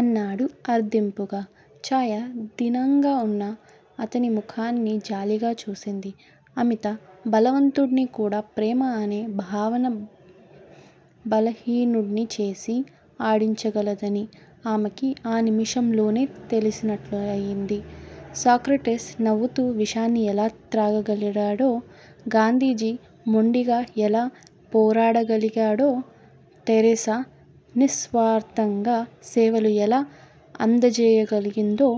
అన్నాడు అర్దింపుగా. చాయ దీనంగా వున్న అతని ముఖాన్ని జాలిగా చూసింది. అమిత బలవంతుడిని కూడా ప్రేమ అనే భావన బలహీనుడ్ని చేసి ఆడించగలదని ఆమెకి ఆ నిముషంలోనే తెలిసినట్లయింది. సోక్రటీస్ నవ్వుతూ విషాన్ని ఎలా త్రాగగలిగాడో? గాంధీజీ మొండిగా ఎలా పోరాడగలిగాడో? థెరిసా నిస్వార్ధంగా సేవలు ఎలా అందజేయగలిగిందో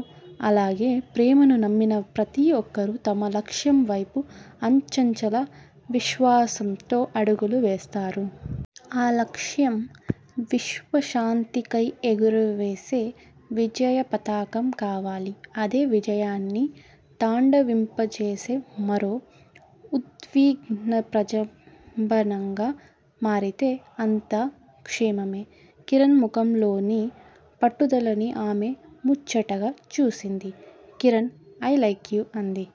అలాగే ప్రేమను నమ్మిన ప్రతి ఒక్కరూ తమ లక్ష్యం వైపు అచంచల విశ్వాసంతో అడుగులు వేస్తారు. ఆ లక్ష్యం విశ్వశాంతికై ఎగురవేసే విజయపతాకం కావాలి. అదే విజయాన్ని తాండవింపజేసే మరో ఉద్విగ్నప్రభంజనంగా మారితే అంతా క్షేమమే. కిరణ్ ముఖంలోని పట్టుదలని ఆమె ముచ్చటగా చూసింది. కిరణ్ ఐ లైక్ యూ అంది.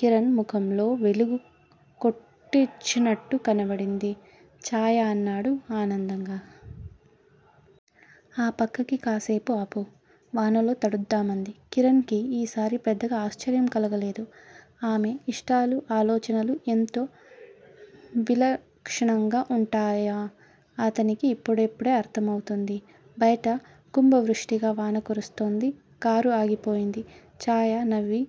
కిరణ్ ముఖంలో వెలుగు కొట్టొచ్చినట్టు కనబడింది. చాయా అన్నాడు ఆనందంగా. ఆ పక్కకి కాసేపు ఆపు, వానలో తడుద్దాం అంది. కిరణ్ కి ఈసారి పెద్దగా ఆశ్చర్యం కలగలేదు. ఆమె ఇష్టాలూ, ఆలోచనలూ ఎంత విలక్షణంగా వుంటాయో అతనికి ఇప్పుడిప్పుడే అర్ధం అవుతోంది. బయట కుంభవృష్టిగా వాన కురుస్తోంది. కారు ఆగిపోయింది. చాయ నవ్వి-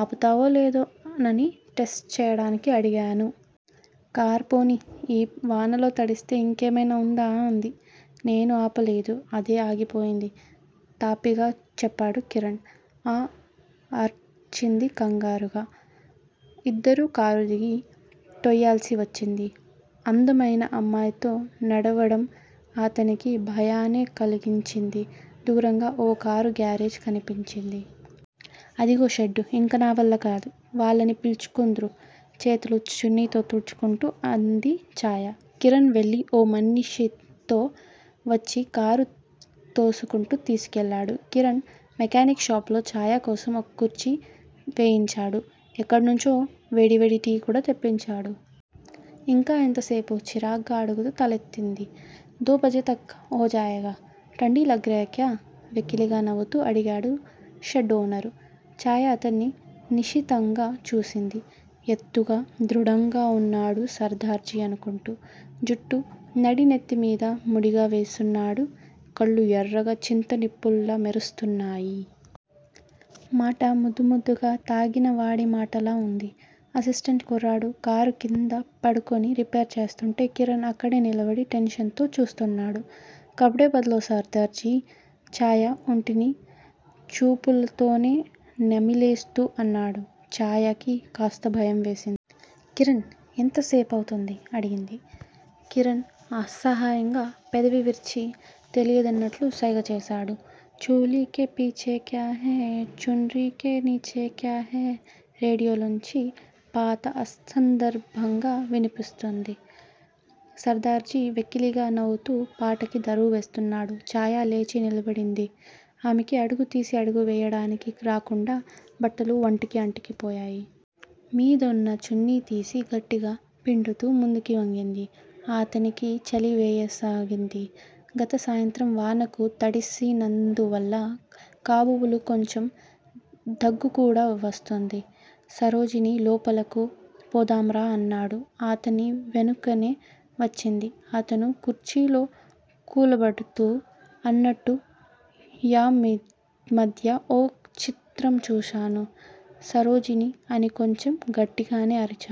ఆపుతావో లేదోనని టెస్టు చేయడానికి అడిగాను. కారు పోనీ! ఈ వానలో తడిస్తే ఇంకేమైనా వుందా? అంది. నేను ఆపలేదు. అదే ఆగిపోయింది తాపీగా చెప్పాడు కిరణ్. ఆ! అరిచింది కంగారుగా. ఇద్దరూ కారు దిగి తొయ్యాల్సి వచ్చింది. అందమైన అమ్మాయితో నడవడం అతనికి భయాన్నే కలిగించింది. దూరంగా ఓ కారు గ్యారేజీ కనిపించింది. అదిగో షెడ్డు ఇంక నావల్లకాదు! వాళ్ళని పిలుచుకో నుదురు, చేతులు చున్నీతో తుడుచుకుంటూ అంది చాయ. కిరణ్ వెళ్ళి ఓ మనిషితో వచ్చి కారు తోసుకుంటూ తీసుకెళ్ళాడు. కిరణ్ మెకానిక్ షాపులో చాయ కోసం ఓ కుర్చీ వేయించాడు. ఎక్కడ్నుంచో వేడివేడి టీ కూడా తెప్పించాడు. ఇంకా ఎంతసేపు? చిరాగ్గా అడుగుతూ తలెత్తింది. దో బజే తక్ హో జాయేగా! ఠండీ లగ్ రేక్యా వెకిలిగా నవ్వుతూ అడిగాడు షెడ్డు ఓనరు. చాయ అతన్ని నిశితంగా చూసింది. ఎత్తుగా, దృఢంగా వున్నాడు సర్దార్జీ అనుకుంటా! జుట్టు నడినెత్తిమీద ముడిగా వేసుకున్నాడు. కళ్ళు ఎర్రగా చింతనిప్పుల్లా మెరుస్తున్నాయి. మాట ముద్ద ముద్దగా తాగినవాడి మాటలా వుంది. అసిస్టెంట్ కుర్రాడు కారు క్రింద పడుకుని రిపేర్ చేస్తుంటే కిరణ్ అక్కడే నిలబడి టెన్షన్ తో చూస్తున్నాడు. కప్ డే బద్ లో సర్దార్జీ చాయ ఒంటిని చూపులతోనే నమిలేస్తూ అన్నాడు. చాయకి కాస్త భయం వేసింది. కిరణ్! ఎంత సేపవుతుంది? అడిగింది. కిరణ్ అసహ్యంగా పెదవి విరిచి తెలీదన్నట్లు సైగ చేశాడు. చోలీకే పీచే క్యాహై చున్ రీకే నీఛే క్యాహై రేడియోలోంచి పాత అసందర్భంగా వినిపిస్తోంది. సర్దార్జీ వెకిలిగా నవ్వుతూ పాటకి దరువు వేస్తున్నాడు. చాయ లేచి నిలబడింది. ఆమెకి అడుగు తీసి అడుగు వేయడానికి రాకుండా బట్టలు వంటికి అంటుకుపోయాయి. మీదనున్న చున్నీ తీసి గట్టిగా పిండుతూ ముందుకి వంగింది. అతనికి చలి వేయసాగింది. గత సాయంత్రం వానకు తడిసినందువల్ల కాబోలు కొంచెం దగ్గుకూడా వస్తోంది. సరోజినీ లోపలకు పోదాం రా అన్నాడు. అతని వెనుకనే వచ్చింది. అతను కుర్చీలో కూలబడుతూ అన్నట్టు యీ మధ్య ఓ చిత్రం చూశాను సరోజినీ అని కొంచెం గట్టిగానే అరిచాడు.